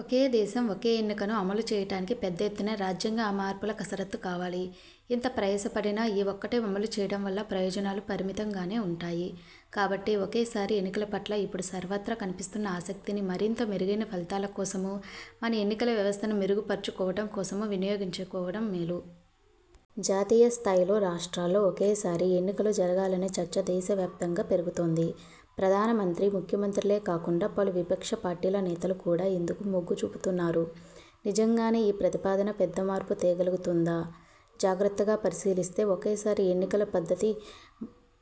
ఒకే దేశం ఒకే ఎన్నికను అమలు చేయటానికి పెద్దఎత్తునే రాజ్యాంగ మార్పుల కసరత్తు కావాలి. ఇంత ప్రయసపడినా, ఈ ఒక్కటే అమలుచేయటం వల్ల ప్రయోజనాలు పరిమితంగానే ఉంటాయి. కాబట్టి ఒకేసారి ఎన్నికల పట్ల ఇప్పుడు సర్వత్రా కనిపిస్తున్న ఆసక్తిని మరింత మెరుగైన ఫలితాల కోసమో, మన ఎన్నికల వ్యవస్థను మెరుగుపరుచుకోవటం కోసమో వినియోగించుకోవటం మేలు. జాతీయస్థాయిలో, రాష్ట్రాల్లో ఒకేసారి ఎన్నికలు జరగాలనే చర్చ దేశవ్యాప్తంగా పెరుగుతోంది. ప్రధానమంత్రి, ముఖ్యమంత్రులే కాకుండా పలు విపక్ష పార్టీల నేతలు కూడా ఇందుకు మొగ్గుచూపుతున్నారు. నిజంగానే ఈ ప్రతిపాదన పెద్ద మార్పు తేగలుగుతుందా? జాగ్రత్తగా పరిశీలిస్తే, ఒకేసారి ఎన్నికల పద్ధతి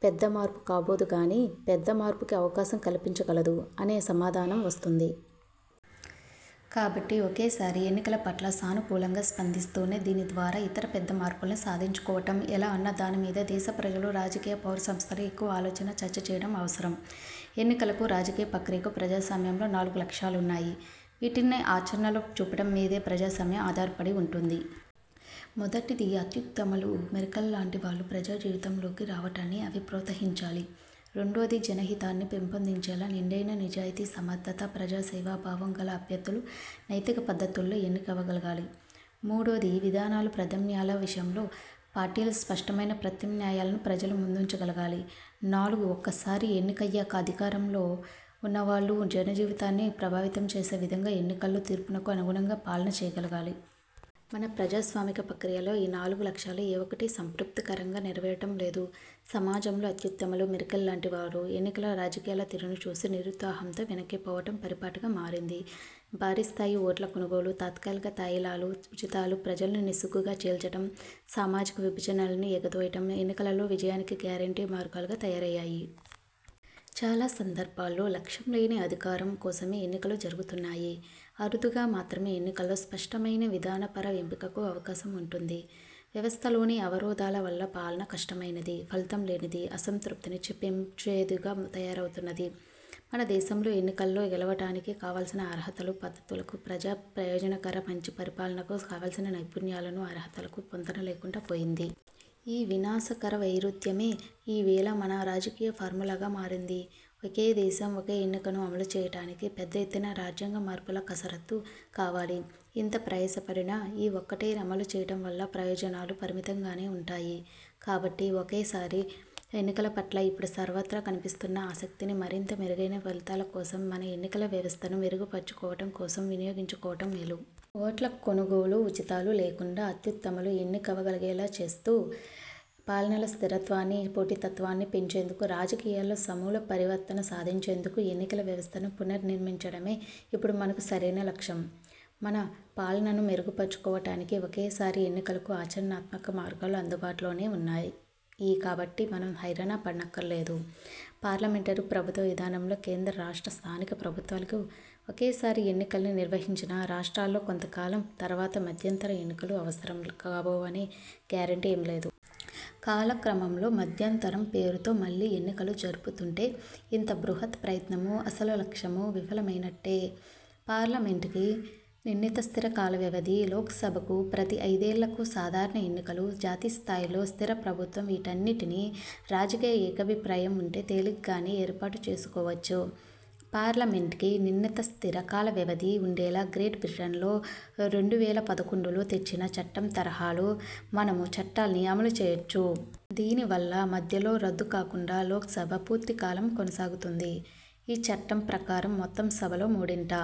పెద్ద మార్పు కాబోదుగానీ, పెద్ద మార్పుకి అవకాశం కల్పించగలదు అనే సమాధానం వస్తుంది. కాబట్టి, ఒకేసారి ఎన్నికల పట్ల సానుకూలంగా స్పందిస్తూనే, దీని ద్వారా ఇతర పెద్ద మార్పుల్ని సాధించుకోవటం ఎలా అన్న దాని మీదే దేశ ప్రజలు, రాజకీయ, పౌర సంస్థలు ఎక్కువ ఆలోచన, చర్చ చేయటం అవసరం. ఎన్నికలకు, రాజకీయ పక్రియకు ప్రజాస్వామ్యంలో నాలుగు లక్ష్యాలున్నాయి. వీటిని ఆచరణలో చూపటం మీదే ప్రజాస్వామ్యం ఆధారపడి వుంటుంది. మొదటిది, అత్యుత్తములు, మెరికల్లాంటి వాళ్లు ప్రజాజీవితంలోకి రావటాన్ని అవి ప్రోత్సహించాలి. రెండోది, జనహితాన్ని పెంపొందించేలా నిండైన నిజాయతీ, సమర్థత, ప్రజాసేవాభావం గల అభ్యర్థులు నైతిక పద్ధతుల్లో ఎన్నికవగలగాలి. మూడోది, విధానాలు, ప్రధామ్యాల విషయంలో పార్టీలు స్పష్టమైన ప్రత్యామ్నాయాలను ప్రజల ముందుంచగలగాలి. నాలుగు, ఒక్కసారి ఎన్నికయ్యాక అధికారంలో ఉన్నవాళ్లు జనజీవితాల్ని ప్రభావితం చేసే విధంగా, ఎన్నికల్లో తీర్పునకు అనుగుణంగా పాలన చేయగలగాలి. మన ప్రజాస్వామిక పక్రియలో ఈ నాలుగు లక్ష్యాల్లో ఏ ఒక్కటీ సంతృప్తికరంగా నెరవేరటం లేదు. సమాజంలో అత్యుత్తములు, మెరికల్లాంటివారు ఎన్నికల రాజకీయాల తీరును చూసి నిరుత్సాహంతో వెనక్కిపోవటం పరిపాటిగా మారింది. భారీస్థాయి ఓట్ల కొనుగోలు, తాత్కాలిక తాయిలాలు, ఉచితాలు, ప్రజల్ని నిస్సిగ్గుగా చీల్చటం, సామాజిక విభజనల్ని ఎగదోయటం ఎన్నికలలో విజయానికి గ్యారంటీ మార్గాలుగా తయారయ్యాయి. చాలా సందర్భాల్లో- లక్ష్యంలేని అధికారం కోసమే ఎన్నికలు జరుగుతున్నాయి. అరుదుగా మాత్రమే ఎన్నికల్లో స్పష్టమైన విధానపర ఎంపికకు అవకాశం ఉంటోంది. వ్యవస్థలోని అవరోధాల వల్ల పాలన కష్టమైనది, ఫలితం లేనిది, అసంతృప్తిని పెంచేదిగా తయారవుతున్నది. మనదేశంలో ఎన్నికల్లో గెలవటానికి కావలసిన అర్హతలు, పద్ధతులకు ప్రజా ప్రయోజనకర మంచి పరిపాలనకు కావలసిన నైపుణ్యాలును, అర్హతలకు పొంతన లేకుండా పోయింది. ఈ వినాశకర వైరుధ్యమే ఈవేళ మన రాజకీయ ఫార్ములాగా మారింది. ఒకే దేశం ఒకే ఎన్నికను అమలుచేయటానికి పెద్దఎత్తున రాజ్యాంగ మార్పుల కసరత్తు కావాలి. ఇంత ప్రయసపడినా, ఈ ఒక్కటే అమలుచేయటం వల్ల ప్రయోజనాలు పరిమితంగానే ఉంటాయి. కాబట్టి ఒకేసారి ఎన్నికల పట్ల ఇప్పుడు సర్వత్రా కనిపిస్తున్న ఆసక్తిని, మరింత మెరుగైన ఫలితాల కోసం, మన ఎన్నికల వ్యవస్థను మెరుగుపరుచుకోవటం కోసం వినియోగించుకోవటం మేలు. ఓట్ల కొనుగోలు, ఉచితాలు లేకుండా అత్యుత్తములు ఎన్నికవగలిగేలాచేస్తూ పాలనలో స్థిరత్వాన్ని, పోటీతత్వాన్ని పెంచేందుకు, రాజకీయాల్లో సమూల పరివర్తన సాధించేందుకు ఎన్నికలవ్యవస్థను పునర్నిర్మించటమే ఇప్పుడు మనకు సరైన లక్ష్యం. మన పాలనను మెరుగుపరుచుకోవటానికీ, ఒకేసారి ఎన్నికలకు ఆచరణాత్మక మార్గాలు అందుబాటులోనే ఉన్నాయి ఈ కాబట్టి మనం హైరానా పడనక్కర్లేదు. పార్లమెంటరీ ప్రభుత్వ విధానంలో, కేంద్ర, రాష్ట్ర, స్థానిక ప్రభుత్వాలకు ఒకేసారి ఎన్నికల్ని నిర్వహించినా, రాష్ట్రాల్లో కొంతకాలం తర్వాత మధ్యంతరఎన్నికలు అవసరం కాబోవనే గ్యారంటీ ఏమీలేదు. కాలక్రమంలో మధ్యంతరం పేరుతో మళ్లీ ఎన్నికలు జరుపుతుంటే ఇంత బృహత్ ప్రయత్నమూ, అసలు లక్ష్యమూ విఫలమైనట్టే. పార్లమెంట్కి నిర్ణీత స్థిరకాలవ్యవధి, లోక్సభకు ప్రతి ఐదేళ్లకూ సాధారణ ఎన్నికలు, జాతీయస్థాయిలో స్థిర ప్రభుత్వం వీటన్నిటినీ రాజకీయ ఏకాభిప్రాయం ఉంటే తేలిగ్గానే ఏర్పాటు చేసుకోవచ్చు. పార్లమెంట్కి నిర్ణీత స్థిర కాలవ్యవధి ఉండేలా గ్రేట్ బ్రిటన్లో రెండు వేల పదకొండులో తెచ్చిన చట్టం తరహాలో మనమూ చట్టాన్ని అమలుచేయొచ్చు. దీనివల్ల మధ్యలో రద్దుకాకుండా లోక్సభ పూర్తికాలం కొనసాగుతుంది. ఈ చట్టం ప్రకారం, మొత్తం సభలో మూడింట